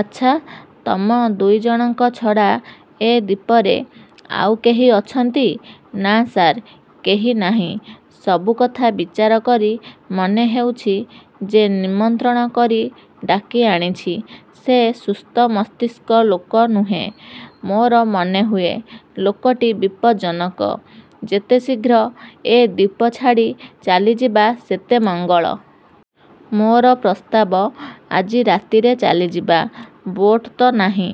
ଆଚ୍ଛା, ତମ ଦୁଇ ଜଣଙ୍କ ଛଡ଼ା ଏ ଦ୍ୱୀପରେ ଆଉ କେହି ଅଛନ୍ତି? ନା ସାର୍, କେହି ନାହିଁ। ସବୁକଥା ବିଚାର କରି, ମନେହେଉଛି, ଯେ ନିମନ୍ତ୍ରଣ କରି ଡାକିଆଣିଛି ସେ ସୁସ୍ଥମସ୍ତିଷ୍କ ଲୋକ ନୁହେଁ। ମୋର ମନେହୁଏ, ଲୋକଟି ବିପଜ୍ଜନକ। ଯେତେଶୀଘ୍ର ଏ ଦ୍ଵୀପ ଛାଡ଼ି ଚାଲିଯିବା ସେତେ ମଙ୍ଗଳ। ମୋର ପ୍ରସ୍ତାବ, ଆଜି ରାତିରେ ଚାଲିଯିବା। ବୋଟ୍ ତ ନାହିଁ।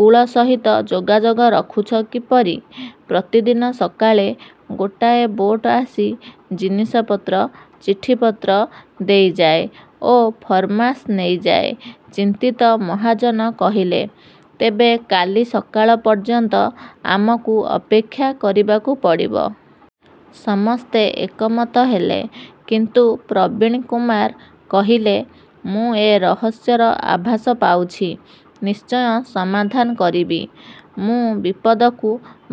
କୂଳ ସହିତ ଯୋଗାଯୋଗ ରଖୁଛ କିପରି? ପ୍ରତିଦିନ ସକାଳେ ଗୋଟାଏ ବୋଟ୍ ଆସି ଜିନିଷପତ୍ର, ଚିଠିପତ୍ର ଦେଇଯାଏ ଓ ଫରମାସ ନେଇଯାଏ। ଚିନ୍ତିତ ମହାଜନ କହିଲେ, ତେବେ କାଲି ସକାଳ ପର୍ଯ୍ୟନ୍ତ, ଆମକୁ ଅପେକ୍ଷା କରିବାକୁ ପଡ଼ିବ। ସମସ୍ତେ ଏକମତ ହେଲେ କିନ୍ତୁ ପ୍ରବୀଣକୁମାର କହିଲେ, ମୁଁ ଏ ରହସ୍ୟର ଆଭାସ ପାଉଛି। ନିଶ୍ଚୟ ସମାଧାନ କରିବି। ମୁଁ ବିପଦକୁ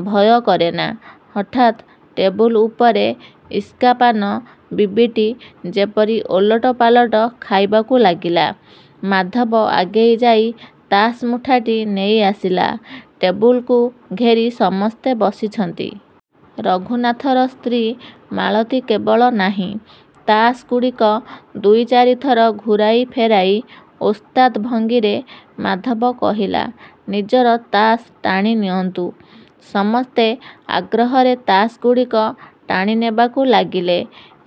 ଭୟ କରେନା। ହଠାତ୍ ଟେବୁଲ ଉପରେ ଇସ୍କାପାନ ବିବିଟି ଯେପରି ଓଲଟପାଲଟ ଖାଇବାକୁ ଲାଗିଲା। ମାଧବ ଆଗେଇଯାଇ ତାସ୍ ମୁଠାଟି ନେଇଆସିଲା। ଟେବୁଲକୁ ଘେରି ସମସ୍ତେ ବସିଛନ୍ତି। ରଘୁନାଥର ସ୍ତ୍ରୀ ମାଳତୀ କେବଳ ନାହିଁ। ତାସ୍ ଗୁଡ଼ିକ ଦୁଇ ଚାରି ଥର ଘୂରାଇ ଫେରାଇ ଓସ୍ତାଦ୍ ଭଙ୍ଗୀରେ ମାଧବ କହିଲା, ନିଜର ତାସ୍ ଟାଣିନିଅନ୍ତୁ। ସମସ୍ତେ ଆଗ୍ରହରେ ତାସ୍ ଗୁଡ଼ିକ ଟାଣିନେବାକୁ ଲାଗିଲେ,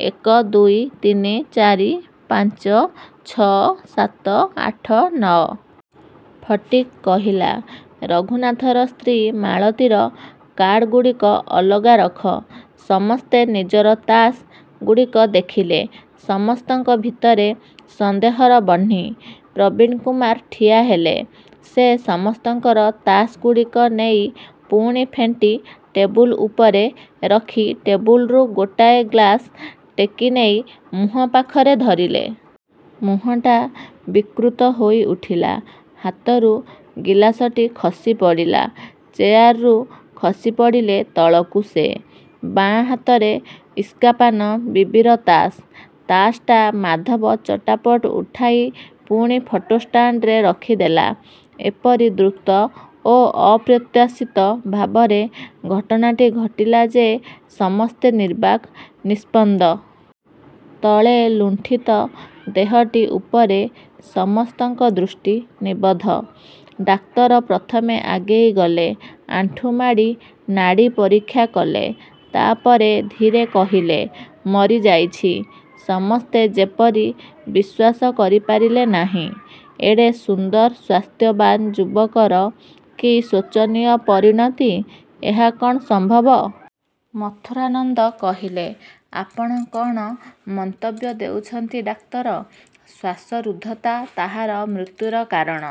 ଏକ ଦୁଇ ତିନି ଚାରି ପାଞ୍ଚ ଛଅ ସାତ ଆଠ ନଅ। ଫଟିକ୍ କହିଲା, ରଘୁନାଥର ସ୍ତ୍ରୀ ମାଳତୀର କାର୍ଡ଼ଗୁଡ଼ିକ ଅଲଗା ରଖ। ସମସ୍ତେ ନିଜର ତାସ୍ ଗୁଡ଼ିକ ଦେଖିଲେ। ସମସ୍ତଙ୍କ ଭିତରେ ସନ୍ଦେହର ବହ୍ନି। ପ୍ରବୀଣକୁମାର ଠିଆହେଲେ। ସେ ସମସ୍ତଙ୍କର ତାସ୍ ଗୁଡ଼ିକ ନେଇ ପୁଣି ଫେଣ୍ଟି ଟେବୁଲ ଉପରେ ରଖି ଟେବୁଲରୁ ଗୋଟାଏ ଗ୍ଲାସ୍ ଟେକିନେଇ ମୁହଁ ପାଖରେ ଧରିଲେ। ମୁହଁଟା ବିକୃତ ହୋଇଉଠିଲା। ହାତରୁ ଗିଲାସଟି ଖସିପଡ଼ିଲା। ଚେୟାରରୁ ଖସିପଡ଼ିଲେ ତଳକୁ ସେ। ବାଁ ହାତରେ ଇସ୍କାପାନ ବିବିର ତାସ୍। ତାସ୍ ଟା ମାଧବ ଚଟାପଟ ଉଠାଇ ପୁଣି ଫଟୋ ଷ୍ଟାଣ୍ଡରେ ରଖିଦେଲା। ଏପରି ଦ୍ରୁତ ଓ ଅପ୍ରତ୍ୟାଶିତ ଭାବରେ ଘଟଣାଟି ଘଟିଲା ଯେ ସମସ୍ତେ ନିର୍ବାକ୍, ନିସ୍ପନ୍ଦ। ତଳେ ଲୁଣ୍ଠିତ ଦେହଟି ଉପରେ ସମସ୍ତଙ୍କ ଦୃଷ୍ଟି ନିବଦ୍ଧ। ଡାକ୍ତର ପ୍ରଥମେ ଆଗେଇଗଲେ। ଆଣ୍ଠୁମାଡ଼ି ନାଡ଼ି ପରୀକ୍ଷା କଲେ। ତା ପରେ ଧୀରେ କହିଲେ, ମରିଯାଇଛି। ସମସ୍ତେ ଯେପରି ବିଶ୍ୱାସ କରିପାରିଲେ ନାହିଁ। ଏଡ଼େ ସୁନ୍ଦର ସ୍ୱାସ୍ଥ୍ୟବାନ୍ ଯୁବକର କି ଶୋଚନୀୟ ପରିଣତି। ଏହା କ'ଣ ସମ୍ଭବ? ମଥୁରାନନ୍ଦ କହିଲେ, ଆପଣ କ'ଣ ମନ୍ତବ୍ୟ ଦେଉଛନ୍ତି ଡାକ୍ତର? ଶ୍ୱାସରୁଦ୍ଧତା ତାହାର ମୃତ୍ୟୁର କାରଣ।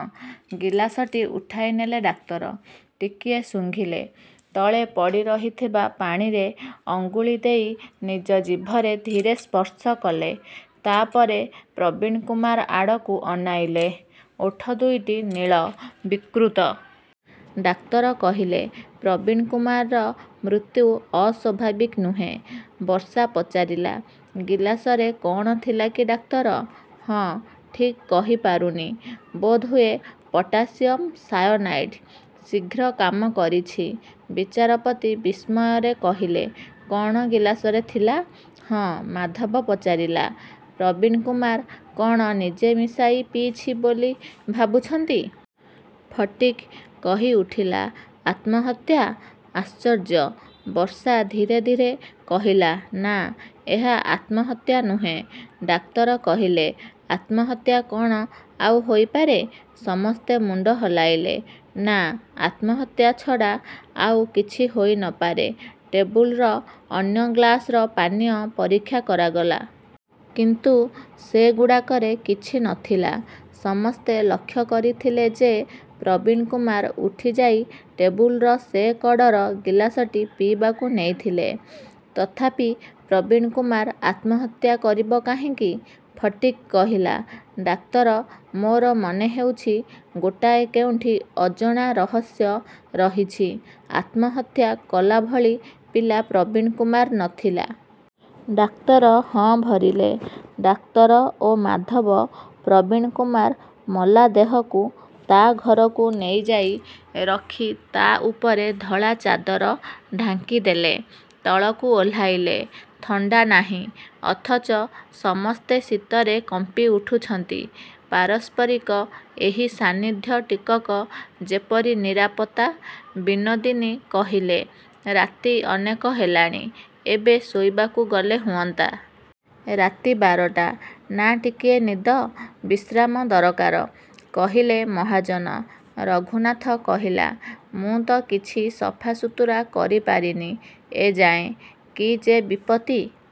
ଗିଲାସଟି ଉଠାଇନେଲେ ଡାକ୍ତର। ଟିକିଏ ଶୁଙ୍ଘିଲେ। ତଳେ ପଡ଼ିରହିଥିବା ପାଣିରେ ଅଙ୍ଗୁଳି ଦେଇ ନିଜ ଜିଭରେ ଧୀରେ ସ୍ପର୍ଶ କଲେ। ତା ପରେ ପ୍ରବୀଣକୁମାର ଆଡ଼କୁ ଅନାଇଲେ। ଓଠ ଦୁଇଟି ନୀଳ, ବିକୃତ। ଡାକ୍ତର କହିଲେ, ପ୍ରବୀଣକୁମାରର ମୃତ୍ୟୁ ଅସ୍ୱାଭାବିକ ନୁହେଁ। ବର୍ଷା ପଚାରିଲା, ଗିଲାସରେ କ'ଣ ଥିଲା କି ଡାକ୍ତର? ହଁ, ଠିକ୍ କହିପାରୁନି। ବୋଧହୁଏ ପଟାସିୟମ୍ ସାୟନାଇଡ୍। ଶୀଘ୍ର କାମ କରିଛି। ବିଚାରପତି ବିସ୍ମୟରେ କହିଲେ, କ'ଣ, ଗିଲାସରେ ଥିଲା? ହଁ। ମାଧବ ପଚାରିଲା, ପ୍ରବୀଣକୁମାର କ'ଣ ନିଜେ ମିଶାଇ ପିଇଛି ବୋଲି ଭାବୁଛନ୍ତି? ଫଟିକ୍ କହିଉଠିଲା, ଆତ୍ମହତ୍ୟା, ଆଶ୍ଚର୍ଯ୍ୟ। ବର୍ଷା ଧୀରେ ଧୀରେ କହିଲା, ନା, ଏହା ଆତ୍ମହତ୍ୟା ନୁହେଁ। ଡାକ୍ତର କହିଲେ, ଆତ୍ମହତ୍ୟା କ'ଣ ଆଉ ହୋଇପାରେ? ସମସ୍ତେ ମୁଣ୍ଡ ହଲାଇଲେ। ନା, ଆତ୍ମହତ୍ୟା ଛଡ଼ା ଆଉ କିଛି ହୋଇ ନ ପାରେ। ଟେବୁଲର ଅନ୍ୟ ଗ୍ଲାସର ପାନୀୟ ପରୀକ୍ଷା କରାଗଲା। କିନ୍ତୁ ସେଗୁଡ଼ାକରେ କିଛି ନ ଥିଲା। ସମସ୍ତେ ଲକ୍ଷ୍ୟ କରିଥିଲେ ଯେ ପ୍ରବୀଣକୁମାର ଉଠିଯାଇ ଟେବୁଲର ସେ କଡ଼ର ଗିଲାସଟି ପିଇବାକୁ ନେଇଥିଲେ। ତଥାପି, ପ୍ରବୀଣକୁମାର ଆତ୍ମହତ୍ୟା କରିବ କାହିଁକି? ଫଟିକ୍ କହିଲା, ଡାକ୍ତର, ମୋର ମନେହେଉଛି ଗୋଟାଏ କେଉଁଠି ଅଜଣା ରହସ୍ୟ ରହିଛି। ଆତ୍ମହତ୍ୟା କଲାଭଳି ପିଲା ପ୍ରବୀଣକୁମାର ନ ଥିଲା। ଡାକ୍ତର ହଁ ଭରିଲେ। ଡାକ୍ତର ଓ ମାଧବ ପ୍ରବୀଣକୁମାର ମଲା ଦେହକୁ ତା ଘରକୁ ନେଇଯାଇ ରଖି ତା ଉପରେ ଧଳା ଚାଦର ଢାଙ୍କିଦେଲେ। ତଳକୁ ଓହ୍ଲାଇଲେ। ଥଣ୍ଡା ନାହିଁ ଅଥଚ ସମସ୍ତେ ଶୀତରେ କମ୍ପିଉଠୁଛନ୍ତି। ପାରସ୍ପରିକ ଏହି ସାନ୍ନିଧ୍ୟ ଟିକକ ଯେପରି ନିରାପତ୍ତା। ବିନୋଦିନୀ କହିଲେ, ରାତି ଅନେକ ହେଲାଣି, ଏବେ ଶୋଇବାକୁ ଗଲେ ହୁଅନ୍ତା? ରାତି ବାରଟା, ନା ଟିକିଏ ନିଦ, ବିଶ୍ରାମ ଦରକାର, କହିଲେ ମହାଜନ। ରଘୁନାଥ କହିଲା, ମୁଁ ତ କିଛି ସଫାସୁତୁରା କରିପାରିନି ଏ ଯାଏଁ। କି ଯେ ବିପତ୍ତି!